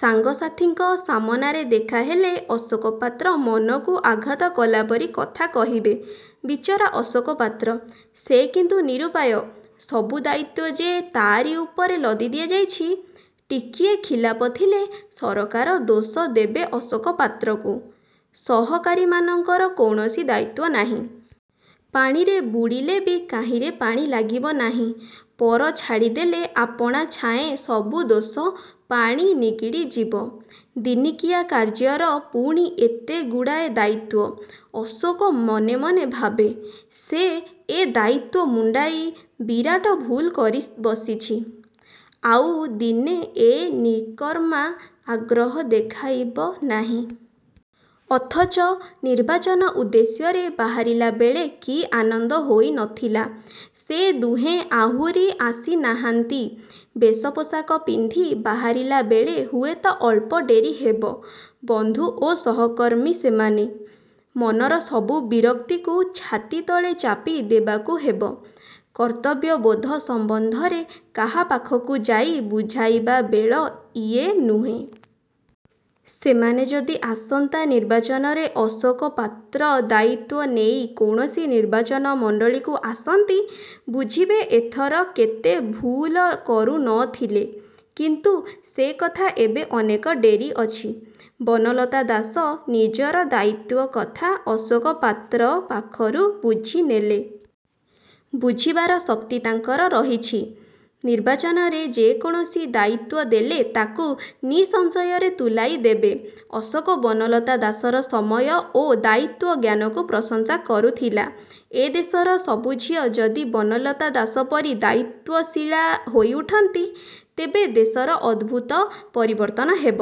ସାଙ୍ଗସାଥିଙ୍କ ସାମନାରେ ଦେଖା ହେଲେ ଅଶୋକ ପାତ୍ର ମନକୁ ଆଘାତ କଲାପରି କଥା କହିବେ। ବିଚରା ଅଶୋକ ପାତ୍ର! ସେ କିନ୍ତୁ ନିରୁପାୟ। ସବୁ ଦାୟିତ୍ୱ ଯେ ତାରି ଉପରେ ଲଦି ଦିଆଯାଇଛି। ଟିକିଏ ଖିଲାପ ଥିଲେ ସରକାର ଦୋଷ ଦେବେ ଅଶୋକ ପାତ୍ରକୁ। ସହକାରୀମାନଙ୍କର କୌଣସି ଦାୟିତ୍ୱ ନାହିଁ। ପାଣିରେ ବୁଡ଼ିଲେବି କାହିଁରେ ପାଣି ଲାଗିବ ନାହିଁ। ପର ଝାଡ଼ିଦେଲେ ଆପଣା ଛାଏଁ ସବୁ ଦୋଷ-ପାଣି ନିଗିଡ଼ି ଯିବ। ଦିନିକିଆ କାର୍ଯ୍ୟର ପୁଣି ଏତେ ଗୁଡ଼ିଏ ଦାୟିତ୍ୱ? ଅଶୋକ ମନେ ମନେ ଭାବେ, ସେ ଏ ଦାୟିତ୍ୱ ମୁଣ୍ଡାଇ ବିରାଟ ଭୁଲ କରି ବସିଛି। ଆଉ ଦିନେ ଏ ନିକର୍ମା-ଆଗ୍ରହ ଦେଖାଇବ ନାହିଁ। ଅଥଚ ନିର୍ବାଚନ ଉଦ୍ଦେଶ୍ୟରେ ବାହାରିଲାବେଳେ କି ଆନନ୍ଦ ହୋଇ ନ ଥିଲା। ସେ ଦୁହେଁ ଆହୁରି ଆସିନାହାନ୍ତି। ବେଶପୋଷାକ ପିନ୍ଧି ବାହାରିଲାବେଳେ ହୁଏତ ଅଳ୍ପ ଡେରି ହେବ। ବନ୍ଧୁ ଓ ସହକର୍ମୀ ସେମାନେ। ମନର ସବୁ ବିରକ୍ତିକୁ ଛାତିତଳେ ଚାପି ଦେବାକୁ ହେବ। କର୍ତ୍ତବ୍ୟବୋଧ ସମ୍ୱନ୍ଧରେ କାହା ପାଖକୁ ଯାଇ ବୁଝାଇବା ବେଳ ଇଏ ନୁହେ। ସେମାନେ ଯଦି ଆସନ୍ତା ନିର୍ବାଚନରେ ଅଶୋକ ପାତ୍ର ଦାୟିତ୍ୱ ନେଇ କୌଣସି ନିର୍ବାଚନ ମଣ୍ଡଳୀକୁ ଆସନ୍ତି, ବୁଝିବେ ଏଥର କେତେ ଭୁଲ କରୁ ନ ଥିଲେ। କିନ୍ତୁ ସେ କଥା ଏବେ ଅନେକ ଡେରି ଅଛି। ବନଲତା ଦାସ ନିଜର ଦାୟିତ୍ୱ କତା ଅଶୋକ ପାତ୍ର ପାଖରୁ ବୁଝିନେଲେ। ବୁଝିବାର ଶକ୍ତି ତାଙ୍କର ରହିଛି। ନିର୍ବାଚନରେ ଯେକୌଣସି ଦାୟିତ୍ୱ ଦେଲେ ତାକୁ ନିଃସଂଶୟରେ ତୁଲାଇ ଦେବେ। ଅଶୋକ ବନଲତା ଦାସର ସମୟ ଓ ଦାୟିତ୍ୱ ଜ୍ଞାନକୁ ପ୍ରଶଂସା କରୁଥିଲା। ଏ ଦେଶର ସବୁ ଝିଅ ଯଦି ବନଲତା ଦାସ ପରି ଦାୟିତ୍ୱଶୀଳା ହୋଇଉଠନ୍ତି, ତେବେ ଦେଶର ଅଦ୍ଭୁତ ପରିବର୍ତ୍ତନ ହେବ।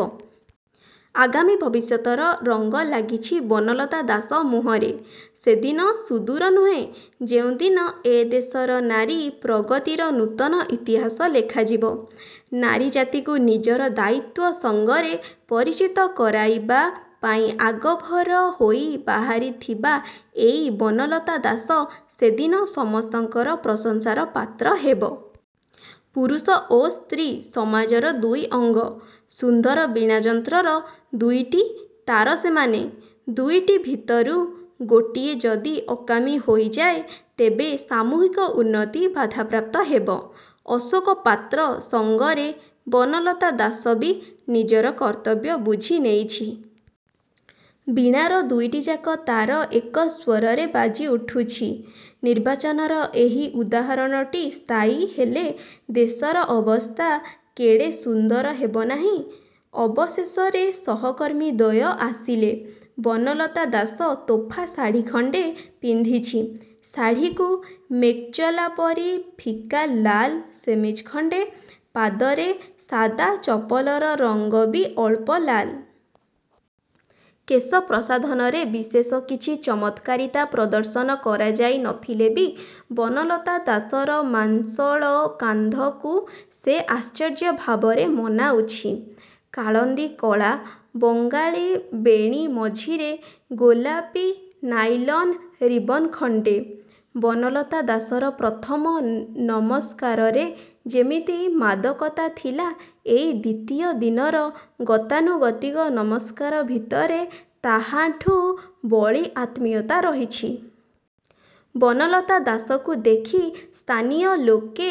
ଆଗାମୀ ଭବିଷ୍ୟତର ରଙ୍ଗ ଲାଗିଛି ବନଲନା ଦାସ ମୁହଁରେ। ସେଦିନ ସୁଦୁର ନୁହେ, ଯେଉଁଦିନ ଏ ଦେଶର ନାରୀ ପ୍ରଗତିର ନୂତନ ଇତିହାସ ଲେଖାଯିବ। ନାରୀ ଜାତିକୁ ନିଜର ଦାୟିତ୍ୱ ସଙ୍ଗରେ ପରିଚିତ କରାଇବା ପାଇଁ ଆଗଭର ହୋଇ ବାହାରିଥିବା ଏଇ ବନଲତା ଦାସ ସେଦିନ ସମସ୍ତଙ୍କର ପ୍ରଶଂସାର ପାତ୍ର ହେବ। ପୁରୁଷ ଓ ସ୍ତ୍ରୀ, ସମାଜର ଦୁଇ ଅଙ୍ଗ। ସୁନ୍ଦର ବୀଣା ଯନ୍ତ୍ରର ଦୁଇଟି ତାର ସେମାନେ। ଦୁଇଟି ଭିତରୁ ଗୋଟିଏ ଯଦି ଅକାମୀ ହୋଇଯାଏ ତେବେ ସାମୁହିକ ଉନ୍ନତି ବାଧାପ୍ରାପ୍ତ ହେବ। ଅଶୋକ ପାତ୍ର ସଙ୍ଗରେ ବନଲତା ଦାସ ବି ନିଜର କର୍ତ୍ତବ୍ୟ ବୁଝି ନେଇଛି। ବୀଣାର ଦୁଇଟିଯାକ ତାର ଏକ ସ୍ୱରରେ ବାଜି ଉଠୁଛି। ନିର୍ବାଚନର ଏହି ଉଦାହରଣଟି ସ୍ଥାୟୀ ହେଲେ, ଦେଶର ଅବସ୍ଥା କେଡ଼େ ସୁନ୍ଦର ହେବନାହିଁ। ଅବଶେଷରେ ସହକର୍ମୀ ଦ୍ୱୟ ଆସିଲେ। ବନଲତା ଦାସ ତୋଫା ଶାଢ଼ି ଖଣ୍ଡେ ପିଖିଛି। ଶାଢ଼ିକୁ ମେଚ୍କଲାପରି ଫିକା ଲାଲ ସେମିଜ୍ଖଣ୍ଡେ। ପାଦର ସାଦା ଚପଲର ରଙ୍ଗ ବି ଅଳ୍ପ ଲାଲ। କେଶ ପ୍ରସାଧନରେ ବିଶେଷ କିଛି ଚମତ୍କାରିତା ପ୍ରଦର୍ଶନ କରାଯାଇ ନଥିଲେ ବି ବନଲତା ଦାସର ମାଂସଳ କାନ୍ଧକୁ ସେ ଆଶ୍ଚର୍ଯ୍ୟ ଭାବରେ ମନାଉଛି। କାଳନ୍ଦୀ କଳା ବଙ୍ଗାଳୀ ବେଣୀ ମଝିରେ ଗୋଲାପୀ ନାଇଲନ୍ ରିବନ୍ଖଣ୍ଡେ। ବନଲତା ଦାସର ପ୍ରଥମ ନମସ୍କାରରେ ଯେମିତି ମାଦକତା ଥିଲା ଏଇ ଦ୍ୱିତୀୟ ଦିନର ଗତାନୁଗତିକ ନମସ୍କାର ଭିତରେ ତାହାଠୁଁ ବଳି ଆତ୍ମୀୟତା ରହିଛି। ବନଲତା ଦାସକୁ ଦେଖି ସ୍ଥାନୀୟ ଲୋକେ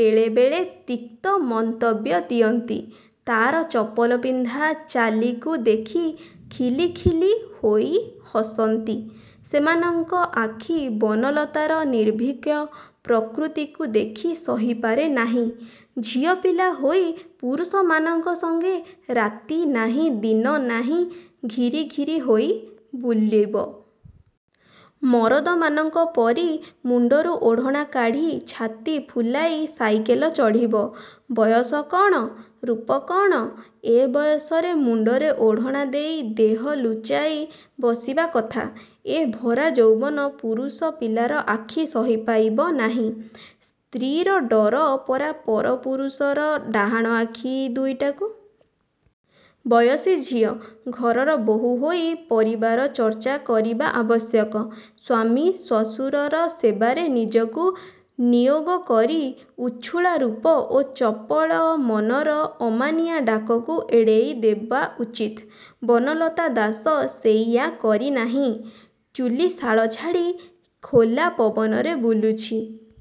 ବେଳେବେଳେ ତିକ୍ତ ମନ୍ତବ୍ୟ ଦିଅନ୍ତି। ତାର ଚପଲ ପିନ୍ଧା ଚାଲିକୁ ଦେଖି ଖିଲି, ଖିଲି, ହୋଇ ହସନ୍ତି। ସେମାନଙ୍କ ଆଖି ବନଲତାର ନିର୍ଭୀକ ପ୍ରକୃତିକୁ ଦେଖି ସହି ପାରେ ନାହିଁ। ଝିଅପିଲା ହୋଇ ପୁରୁଷମାନଙ୍କ ସଙ୍ଗେ ରାତି ନାହିଁ, ଦିନ ନାହିଁ ଘିରି ଘିରି ହୋଇ ବୁଲିବ? ମରଦମାନଙ୍କ। ପରି ମୁଣ୍ଡରୁ ଓଢ଼ଣା କାଢ଼ି ଛାତି ଫୁଲାଇ ସାଇକଲ ଚଢ଼ିବ? ବୟସ କଣ, ରୂପ କଣ! ଏ ବୟସରେ ମୁଣ୍ଡରେ ଓଢ଼ଣାଦେଇ ଦେହ ଲୁଛାଇ ବସିବା କଥା! ଏ ଭରା ଯୌବନ ପୁରୁଷ ପିଲାର ଆଖି ସହିପାଇବ ନାହିଁ। ସ୍ତ୍ରୀର ଡର ପରା ପର ପୁରୁଷର ଡାହଣା ଆଖି ଦୁଇଟାକୁ! ବୟସୀ ଝିଅ ଘରର ବୋହୂ ହୋଇ ପରିବାର ଚର୍ଚ୍ଚା କରିବା ଆବଶ୍ୟକ। ସ୍ୱାମୀ, ଶ୍ୱଶୁରର ସେବାରେ ନିଜକୁ ନିୟୋଗ କରି ଉଛୁଳା ରୂପ ଓ ଚପଳ ମନର ଅମାନିଆ ଡାକକୁ ଆଡ଼େଇ ଦେବା ଉଚିତ। ବନଲତା ଦାସ ସେଇୟା କରିନାହିଁ। ଚୁଲୀଶାଳ ଛାଡ଼ି ଖୋଲା ପବନରେ ବୁଲୁଛି।